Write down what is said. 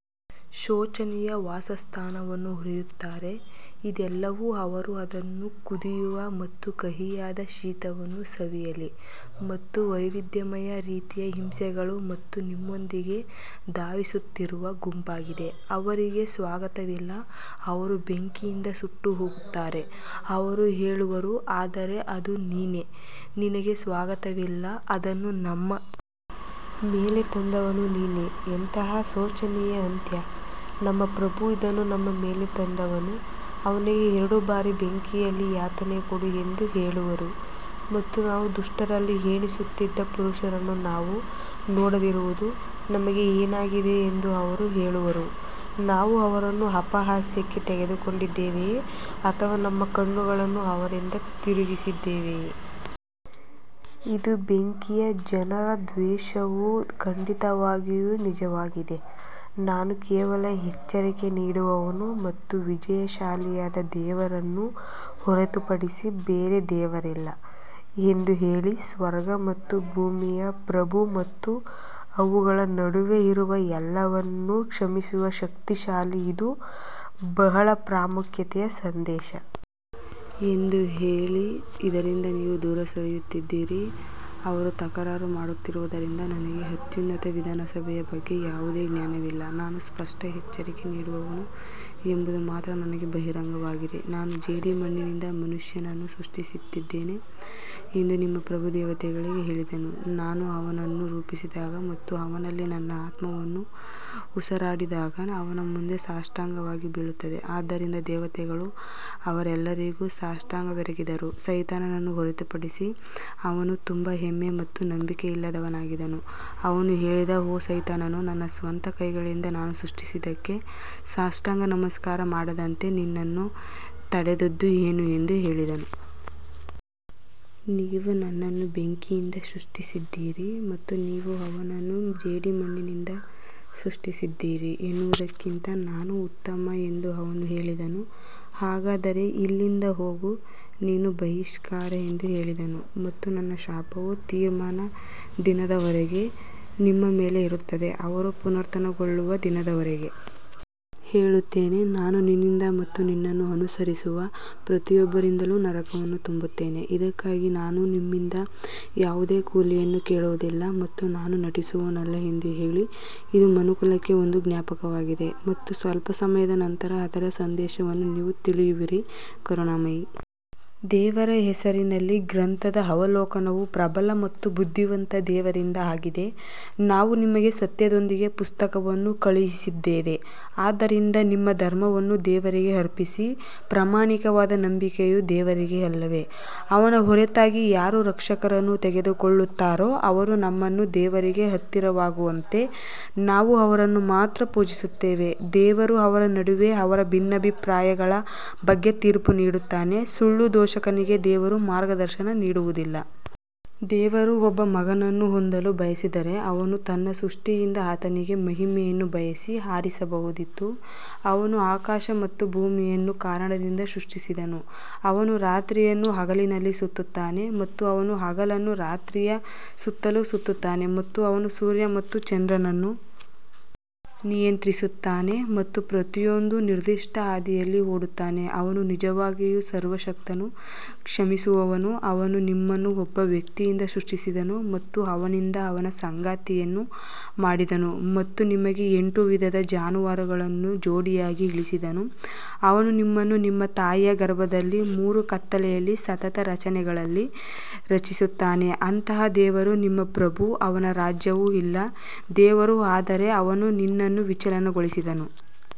ಶೋಚನೀಯ ವಾಸಸ್ಥಾನವನ್ನು ಹುರಿಯುತ್ತಾರೆ ಇದೆಲ್ಲವೂ ಅವರು ಅದನ್ನು ಕುದಿಯುವ ಮತ್ತು ಕಹಿಯಾದ ಶೀತವನ್ನು ಸವಿಯಲಿ ಮತ್ತು ವೈವಿಧ್ಯಮಯ ರೀತಿಯ ಹಿಂಸೆಗಳು ಇದು ನಿಮ್ಮೊಂದಿಗೆ ಧಾವಿಸುತ್ತಿರುವ ಗುಂಪಾಗಿದೆ ಅವರಿಗೆ ಸ್ವಾಗತವಿಲ್ಲ ಅವರು ಬೆಂಕಿಯಿಂದ ಸುಟ್ಟುಹೋಗುತ್ತಾರೆ ಅವರು ಹೇಳುವರು ಆದರೆ ಅದು ನೀನೇ ನಿನಗೆ ಸ್ವಾಗತವಿಲ್ಲ ಅದನ್ನು ನಮ್ಮ ಮೇಲೆ ತಂದವನು ನೀನೇ ಎಂತಹ ಶೋಚನೀಯ ಅಂತ್ಯ ನಮ್ಮ ಪ್ರಭು ಇದನ್ನು ನಮ್ಮ ಮೇಲೆ ತಂದವನು ಅವನಿಗೆ ಎರಡು ಬಾರಿ ಬೆಂಕಿಯಲ್ಲಿ ಯಾತನೆ ಕೊಡು ಎಂದು ಹೇಳುವರು ಮತ್ತು ನಾವು ದುಷ್ಟರಲ್ಲಿ ಎಣಿಸುತ್ತಿದ್ದ ಪುರುಷರನ್ನು ನಾವು ನೋಡದಿರುವುದು ನಮಗೆ ಏನಾಗಿದೆ ಎಂದು ಅವರು ಹೇಳುವರು ನಾವು ಅವರನ್ನು ಅಪಹಾಸ್ಯಕ್ಕೆ ತೆಗೆದುಕೊಂಡಿದ್ದೇವೆಯೇ ಅಥವಾ ನಮ್ಮ ಕಣ್ಣುಗಳನ್ನು ಅವರಿಂದ ತಿರುಗಿಸಿದ್ದೇವೆಯೇ? ಇದು ಬೆಂಕಿಯ ಜನರ ದ್ವೇಷವು ಖಂಡಿತವಾಗಿಯೂ ನಿಜವಾಗಿದೆ ನಾನು ಕೇವಲ ಎಚ್ಚರಿಕೆ ನೀಡುವವನು ಮತ್ತು ವಿಜಯಶಾಲಿಯಾದ ದೇವರನ್ನು ಹೊರತುಪಡಿಸಿ ಬೇರೆ ದೇವರಿಲ್ಲ ಎಂದು ಹೇಳಿ ಸ್ವರ್ಗ ಮತ್ತು ಭೂಮಿಯ ಪ್ರಭು ಮತ್ತು ಅವುಗಳ ನಡುವೆ ಇರುವ ಎಲ್ಲವನ್ನೂ ಕ್ಷಮಿಸುವ ಶಕ್ತಿಶಾಲಿ ಇದು ಬಹಳ ಪ್ರಾಮುಖ್ಯತೆಯ ಸಂದೇಶ ಎಂದು ಹೇಳಿ ಇದರಿಂದ ನೀವು ದೂರ ಸರಿಯುತ್ತಿದ್ದೀರಿ ಅವರು ತಕರಾರು ಮಾಡುತ್ತಿರುವುದರಿಂದ ನನಗೆ ಅತ್ಯುನ್ನತ ವಿಧಾನಸಭೆಯ ಬಗ್ಗೆ ಯಾವುದೇ ಜ್ಞಾನವಿಲ್ಲ ನಾನು ಸ್ಪಷ್ಟ ಎಚ್ಚರಿಕೆ ನೀಡುವವನು ಎಂಬುದು ಮಾತ್ರ ನನಗೆ ಬಹಿರಂಗವಾಗಿದೆ ನಾನು ಜೇಡಿಮಣ್ಣಿನಿಂದ ಮನುಷ್ಯನನ್ನು ಸೃಷ್ಟಿಸುತ್ತಿದ್ದೇನೆ ಎಂದು ನಿಮ್ಮ ಪ್ರಭು ದೇವತೆಗಳಿಗೆ ಹೇಳಿದನು ನಾನು ಅವನನ್ನು ರೂಪಿಸಿದಾಗ ಮತ್ತು ಅವನಲ್ಲಿ ನನ್ನ ಆತ್ಮವನ್ನು ಉಸಿರಾಡಿದಾಗ ಅವನ ಮುಂದೆ ಸಾಷ್ಟಾಂಗವಾಗಿ ಬೀಳುತ್ತದೆ ಆದ್ದರಿಂದ ದೇವತೆಗಳು ಅವರೆಲ್ಲರಿಗೂ ಸಾಷ್ಟಾಂಗವೆರಗಿದರು ಸೈತಾನನನ್ನು ಹೊರತುಪಡಿಸಿ ಅವನು ತುಂಬಾ ಹೆಮ್ಮೆ ಮತ್ತು ನಂಬಿಕೆಯಿಲ್ಲದವನಾಗಿದ್ದನು ಅವನು ಹೇಳಿದ ಓ ಸೈತಾನನು ನನ್ನ ಸ್ವಂತ ಕೈಗಳಿಂದ ನಾನು ಸೃಷ್ಟಿಸಿದ್ದಕ್ಕೆ ಸಾಷ್ಟಾಂಗ ನಮಸ್ಕಾರ ಮಾಡದಂತೆ ನಿನ್ನನ್ನು ತಡೆದದ್ದು ಏನು ಎಂದು ಹೇಳಿದನು. ನೀವು ನನ್ನನ್ನು ಬೆಂಕಿಯಿಂದ ಸೃಷ್ಟಿಸಿದ್ದೀರಿ ಮತ್ತು ನೀವು ಅವನನ್ನು ಜೇಡಿಮಣ್ಣಿನಿಂದ ಸೃಷ್ಟಿಸಿದ್ದೀರಿ ಎನ್ನುವುದಕ್ಕಿಂತ ನಾನು ಉತ್ತಮ ಎಂದು ಅವನು ಹೇಳಿದನು ಹಾಗಾದರೆ ಇಲ್ಲಿಂದ ಹೋಗು ನೀನು ಬಹಿಷ್ಕಾರ ಎಂದು ಹೇಳಿದನು ಮತ್ತು ನನ್ನ ಶಾಪವು ತೀರ್ಪಿನ ದಿನದವರೆಗೆ ನಿಮ್ಮ ಮೇಲೆ ಇರುತ್ತದೆ ಅವರು ಪುನರುತ್ಥಾನಗೊಳ್ಳುವ ದಿನದವರೆಗೆ ಹೇಳುತ್ತೇನೆ ನಾನು ನಿನ್ನಿಂದ ಮತ್ತು ನಿನ್ನನ್ನು ಅನುಸರಿಸುವ ಪ್ರತಿಯೊಬ್ಬರಿಂದಲೂ ನರಕವನ್ನು ತುಂಬುತ್ತೇನೆ ಇದಕ್ಕಾಗಿ ನಾನು ನಿಮ್ಮಿಂದ ಯಾವುದೇ ಕೂಲಿಯನ್ನು ಕೇಳುವುದಿಲ್ಲ ಮತ್ತು ನಾನು ನಟಿಸುವವನಲ್ಲ ಎಂದು ಹೇಳಿ ಇದು ಮನುಕುಲಕ್ಕೆ ಒಂದು ಜ್ಞಾಪನೆಯಾಗಿದೆ ಮತ್ತು ಸ್ವಲ್ಪ ಸಮಯದ ನಂತರ ಅದರ ಸಂದೇಶವನ್ನು ನೀವು ತಿಳಿಯುವಿರಿ ಕರುಣಾಮಯಿ ದೇವರ ಹೆಸರಿನಲ್ಲಿ ಗ್ರಂಥದ ಅವಲೋಕನವು ಪ್ರಬಲ ಮತ್ತು ಬುದ್ಧಿವಂತ ದೇವರಿಂದ ಆಗಿದೆ ನಾವು ನಿಮಗೆ ಸತ್ಯದೊಂದಿಗೆ ಪುಸ್ತಕವನ್ನು ಕಳುಹಿಸಿದ್ದೇವೆ ಆದ್ದರಿಂದ ನಿಮ್ಮ ಧರ್ಮವನ್ನು ದೇವರಿಗೆ ಅರ್ಪಿಸಿ ಪ್ರಾಮಾಣಿಕವಾದ ನಂಬಿಕೆಯು ದೇವರಿಗೆ ಅಲ್ಲವೇ, ಅವನ ಹೊರತಾಗಿ ಯಾರು ರಕ್ಷಕರನ್ನು ತೆಗೆದುಕೊಳ್ಳುತ್ತಾರೋ ಅವರು ನಮ್ಮನ್ನು ದೇವರಿಗೆ ಹತ್ತಿರವಾಗುವಂತೆ ನಾವು ಅವರನ್ನು ಮಾತ್ರ ಪೂಜಿಸುತ್ತೇವೆ, ದೇವರು ಅವರ ನಡುವೆ ಅವರ ಭಿನ್ನಾಭಿಪ್ರಾಯಗಳ ಬಗ್ಗೆ ತೀರ್ಪು ನೀಡುತ್ತಾನೆ, ಸುಳ್ಳು ದೂಷಕನಿಗೆ ದೇವರು ಮಾರ್ಗದರ್ಶನ ನೀಡುವುದಿಲ್ಲ. ದೇವರು ಒಬ್ಬ ಮಗನನ್ನು ಹೊಂದಲು ಬಯಸಿದರೆ ಅವನು ತನ್ನ ಸೃಷ್ಟಿಯಿಂದ ಆತನಿಗೆ ಮಹಿಮೆಯನ್ನು ಬಯಸಿ ಆರಿಸಬಹುದಿತ್ತು ಅವನು ಆಕಾಶ ಮತ್ತು ಭೂಮಿಯನ್ನು ಕಾರಣದಿಂದ ಸೃಷ್ಟಿಸಿದನು, ಅವನು ರಾತ್ರಿಯನ್ನು ಹಗಲಿನಲ್ಲಿ ಸುತ್ತುತ್ತಾನೆ ಮತ್ತು ಅವನು ಹಗಲನ್ನು ರಾತ್ರಿಯ ಸುತ್ತಲೂ ಸುತ್ತುತ್ತಾನೆ ಮತ್ತು ಅವನು ಸೂರ್ಯ ಮತ್ತು ಚಂದ್ರನನ್ನು ನಿಯಂತ್ರಿಸುತ್ತಾನೆ ಮತ್ತು ಪ್ರತಿಯೊಂದೂ ನಿರ್ದಿಷ್ಟ ಹಾದಿಯಲ್ಲಿ ಓಡುತ್ತಾನೆ, ಅವನು ನಿಜವಾಗಿಯೂ ಸರ್ವಶಕ್ತನು ಕ್ಷಮಿಸುವವನು ಅವನು ನಿಮ್ಮನ್ನು ಒಬ್ಬ ವ್ಯಕ್ತಿಯಿಂದ ಸೃಷ್ಟಿಸಿದನು ಮತ್ತು ಅವನಿಂದ ಅವನ ಸಂಗಾತಿಯನ್ನು ಮಾಡಿದನು ಮತ್ತು ನಿಮಗಾಗಿ ಎಂಟು ವಿಧದ ಜಾನುವಾರುಗಳನ್ನು ಜೋಡಿಯಾಗಿ ಇಳಿಸಿದನು ಅವನು ನಿಮ್ಮನ್ನು ನಿಮ್ಮ ತಾಯಿಯ ಗರ್ಭದಲ್ಲಿ ಮೂರು ಕತ್ತಲೆಯಲ್ಲಿ ಸತತ ರಚನೆಗಳಲ್ಲಿ ರಚಿಸುತ್ತಾನೆ ಅಂತಹ ದೇವರು ನಿಮ್ಮ ಪ್ರಭು ಅವನ ರಾಜ್ಯವು ಇಲ್ಲ ದೇವರು ಆದರೆ ಅವನು ನಿನ್ನನ್ನು ವಿಚಲನಗೊಳಿಸಿದನು.